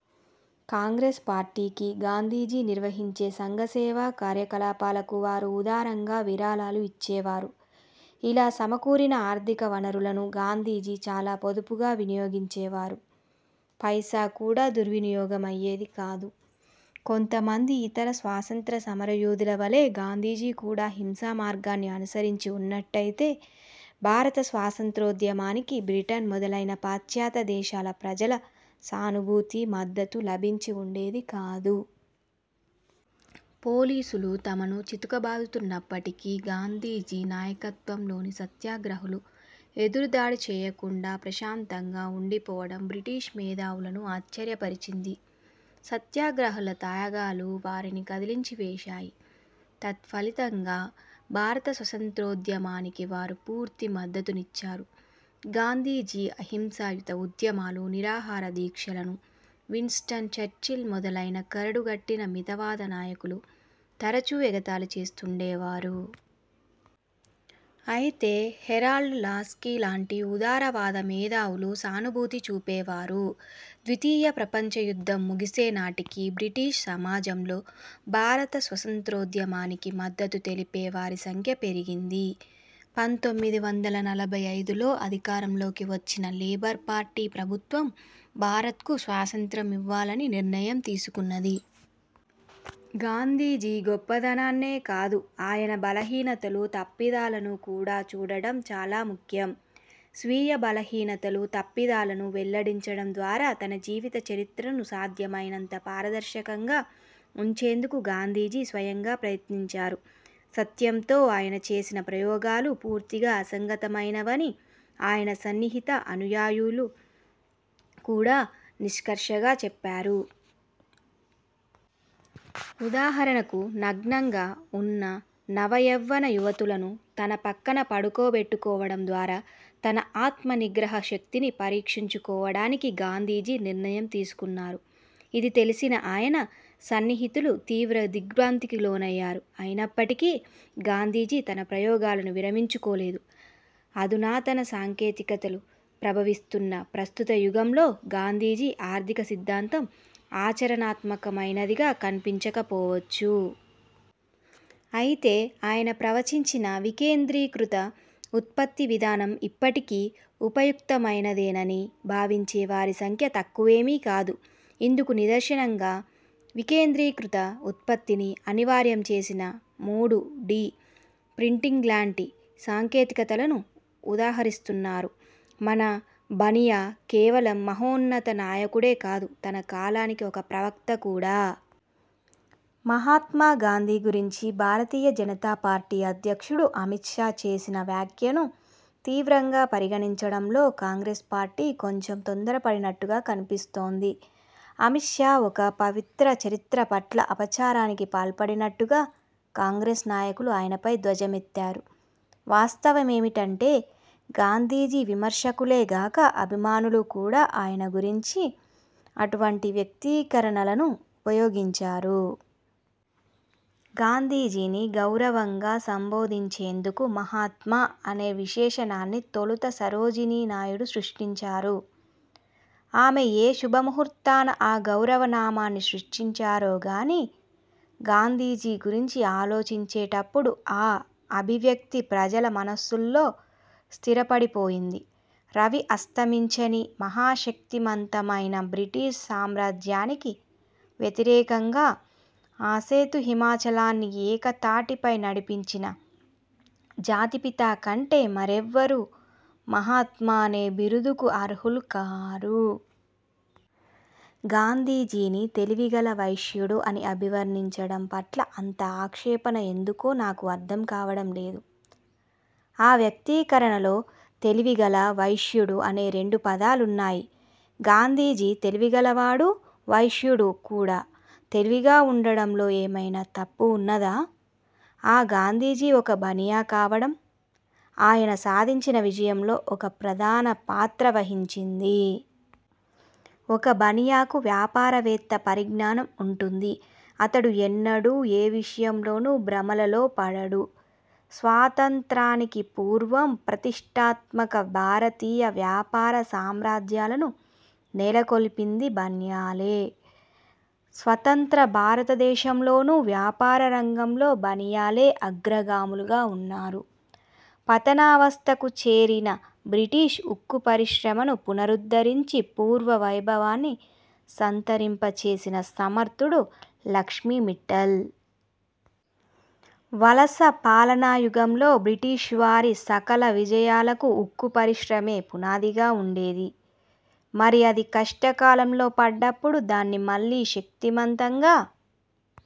కాంగ్రెస్ పార్టీకి, గాంధీజీ నిర్వహించే సంఘ సేవా కార్యకలాపాలకు వారు ఉదారంగా విరాళాలు ఇచ్చేవారు. ఇలా సమకూరిన ఆర్థిక వనరులను గాంధీజీ చాలా పొదుపుగా వినియోగించేవారు. పైసా కూడా దుర్వినియోగమయ్యేది కాదు. కొంతమంది ఇతర స్వాత్రంత్య సమరయోధుల వలే గాంధీజీ కూడా హింసా మార్గాన్ని అనుసరించి వున్నట్టయితే భారత స్వత్రంత్యోద్యమానికి బ్రిటన్ మొదలైన పాశ్చాత్య దేశాల ప్రజల సానుభూతి, మద్దతు లభించి వుండేది కాదు. పోలీసులు తమను చితక బాదుతున్నప్పటికీ గాంధీజీ నాయకత్వంలోని సత్యాగ్రహులు ఎదురుదాడి చేయకుండా ప్రశాంతంగా ఉండిపోవడం బ్రిటిష్ మేధావులను ఆశ్చర్యపరిచింది. సత్యాగ్రహుల త్యాగాలు వారిని కదిలించివేశాయి. తత్ఫలితంగా భారత స్వత్రంత్యోద్యమానికి వారు పూర్తి మద్దతునిచ్చారు. గాంధీజీ అహింసాయుత ఉద్యమాలు, నిరాహారదీక్షలను విన్స్టన్ చర్చిల్ మొదలైన కరడుగట్టిన మితవాద నాయకులు తరచు ఎగతాళి చేస్తుండేవారు. అయితే హెరాల్డ్ లాస్కీలాంటి ఉదారవాద మేధావులు సానుభూతి చూపేవారు ద్వితీయ ప్రపంచ యుద్ధం ముగిసేనాటికి బ్రిటిష్ సమాజంలో భారత స్వత్రంత్యోద్యమానికి మద్దతు తెలిపే వారి సంఖ్య పెరిగింది. పంతొమ్మిది వందల నలభై ఐదులో అధికారంలోకి వచ్చిన లేబర్ పార్టీ ప్రభుత్వం భారత్కు స్వాత్రంత్యం మివ్వాలని నిర్ణయం తీసుకున్నది. గాంధీజీ గొప్పదనాన్నే కాదు, ఆయన బలహీనతలు, తప్పిదాలను కూడా చూడడం చాలా ముఖ్యం. స్వీయ బలహీనతలు, తప్పిదాలను వెల్లడించడం ద్వారా తన జీవిత చరిత్రను సాధ్యమైనంత పారదర్శకంగా ఉంచేందుకు గాంధీజీ స్వయంగా ప్రయత్నించారు. సత్యంతో ఆయన చేసిన ప్రయోగాలు పూర్తిగా అసంగతమైనవని ఆయన సన్నిహిత అనుయాయులు కూడా నిష్కర్షగా చెప్పారు. ఉదాహరణకు నగ్నంగా ఉన్న నవయవ్వన యువతులను తన పక్కన పడుకోబెట్టుకోవడం ద్వారా తన ఆత్మనిగ్రహ శక్తిని పరీక్షించుకోవడానికి గాంధీజీ నిర్ణయం తీసుకున్నారు. ఇది తెలిసిన ఆయన సన్నిహితులు తీవ్ర దిగ్భ్రాంతికి లోనయ్యారు. అయినప్పటికీ గాంధీజీ తన ప్రయోగాలను విరమించుకోలేదు. అధునాతన సాంకేతికతలు ప్రభవిస్తున్న ప్రస్తుత యుగంలో గాంధీజీ ఆర్థిక సిద్ధాంతం ఆచరణాత్మకమైనదిగా కన్పించకపోవచ్చు. అయితే ఆయన ప్రవచించిన వికేంద్రీకృత ఉత్పత్తి విధానం ఇప్పటికీ ఉపయుక్తమైనదేనని భావించే వారి సంఖ్య తక్కువేమీకాదు. ఇందుకు నిదర్శనంగా వికేంద్రీకృత ఉత్పత్తిని అనివార్యం చేసిన మూడు డి ప్రింటింగ్లాంటి సాంకేతికతలను ఉదహరిస్తున్నారు. మన 'బనియా' కేవలం మహోన్నత నాయకుడే కాదు, తన కాలానికి ఒక ప్రవక్త కూడా. మహాత్మా గాంధీ గురించి భారతీయ జనతా పార్టీ అధ్యక్షుడు అమిత్ షా చేసిన వ్యాఖ్య ను తీవ్రంగా పరిగణించడంలో కాంగ్రెస్ పార్టీ కొంచెం తొందరపడినట్టుగా కన్పిస్తోంది. అమిత్ షా ఒక పవిత్ర చరిత్ర పట్ల అపచారానికి పాల్పడినట్టుగా కాంగ్రెస్ నాయకులు ఆయనపై ధ్వజమెత్తారు. వాస్తవమేమిటంటే గాంధీజీ విమర్శకులే గాక అభిమానులు కూడా ఆయన గురించి అటువంటి వ్యక్తీకరణలను ఉపయోగించారు. గాంధీజీని గౌరవంగా సంబోధించేందుకు 'మహాత్మా' అనే విశేషణాన్ని తొలుత సరోజినీ నాయుడు సృష్టించారు. ఆమె ఏ శుభముహూర్తాన ఆ గౌరవ నామాన్ని సృష్టించారో గానీ, గాంధీజీ గురించి ఆలోచించేటప్పుడు ఆ అభివ్యక్తి ప్రజల మనస్సుల్లో స్థిరపడిపోయింది. రవి అస్తమించని, మహాశక్తిమంతమైన బ్రిటిష్ సామ్రాజ్యానికి వ్యతిరేకంగా ఆసేతు హిమచలాన్ని ఏక తాటిపై నడిపించిన 'జాతిపిత' కంటే మరెవ్వరూ 'మహాత్మా'అనే బిరుదుకు అర్హులు కారు. గాంధీజీని 'తెలివిగల వైశ్యుడు' అని అభివర్ణించడం పట్ల అంత ఆక్షేపణ ఎందుకో నాకు అర్థం కావడం లేదు. ఆ వ్యక్తీకరణలో 'తెలివిగల', 'వైశ్యుడు' అనే రెండు పదాలున్నాయి. గాంధీజీ తెలివిగల వాడూ, వైశ్యుడూ కూడా. తెలివిగా వుండడంలో ఏమైనా తప్పు వున్నదా? ఆ గాంధీజీ ఒక బనియా కావడం, ఆయన సాధించిన విజయంలో ఒక ప్రధాన పాత్ర వహించింది. ఒక బనియా కు వ్యాపారవేత్త పరిజ్ఞానం వుంటుంది అతడు ఎన్నడూ ఏ విషయంలోనూ భ్రమలలో పడడు. స్వాతంత్ర్యానికి పూర్వం ప్రతిష్ఠాత్మక భారతీయ వ్యాపార సామ్రాజ్యాలను నెలకొల్పింది బనియాలే. స్వతంత్ర భారతదేశంలోనూ వ్యాపార రంగంలో బనియాలే అగ్రగాములుగా వున్నారు. పతనావస్థకు చేరిన బ్రిటిష్ ఉక్కు పరిశ్రమను పునరుద్ధరించి పూర్వ వైభవాన్ని సంతరింపచేసిన సమర్థుడు లక్ష్మీ మిట్టల్. వలస పాలనాయుగంలో బ్రిటిష్వారి సకల విజయాలకు ఉక్కు పరిశ్రమే పునాదిగా వుండేది. మరి అది కష్టకాలంలో పడ్డప్పుడు దాన్ని మళ్ళీ శక్తిమంతంగా,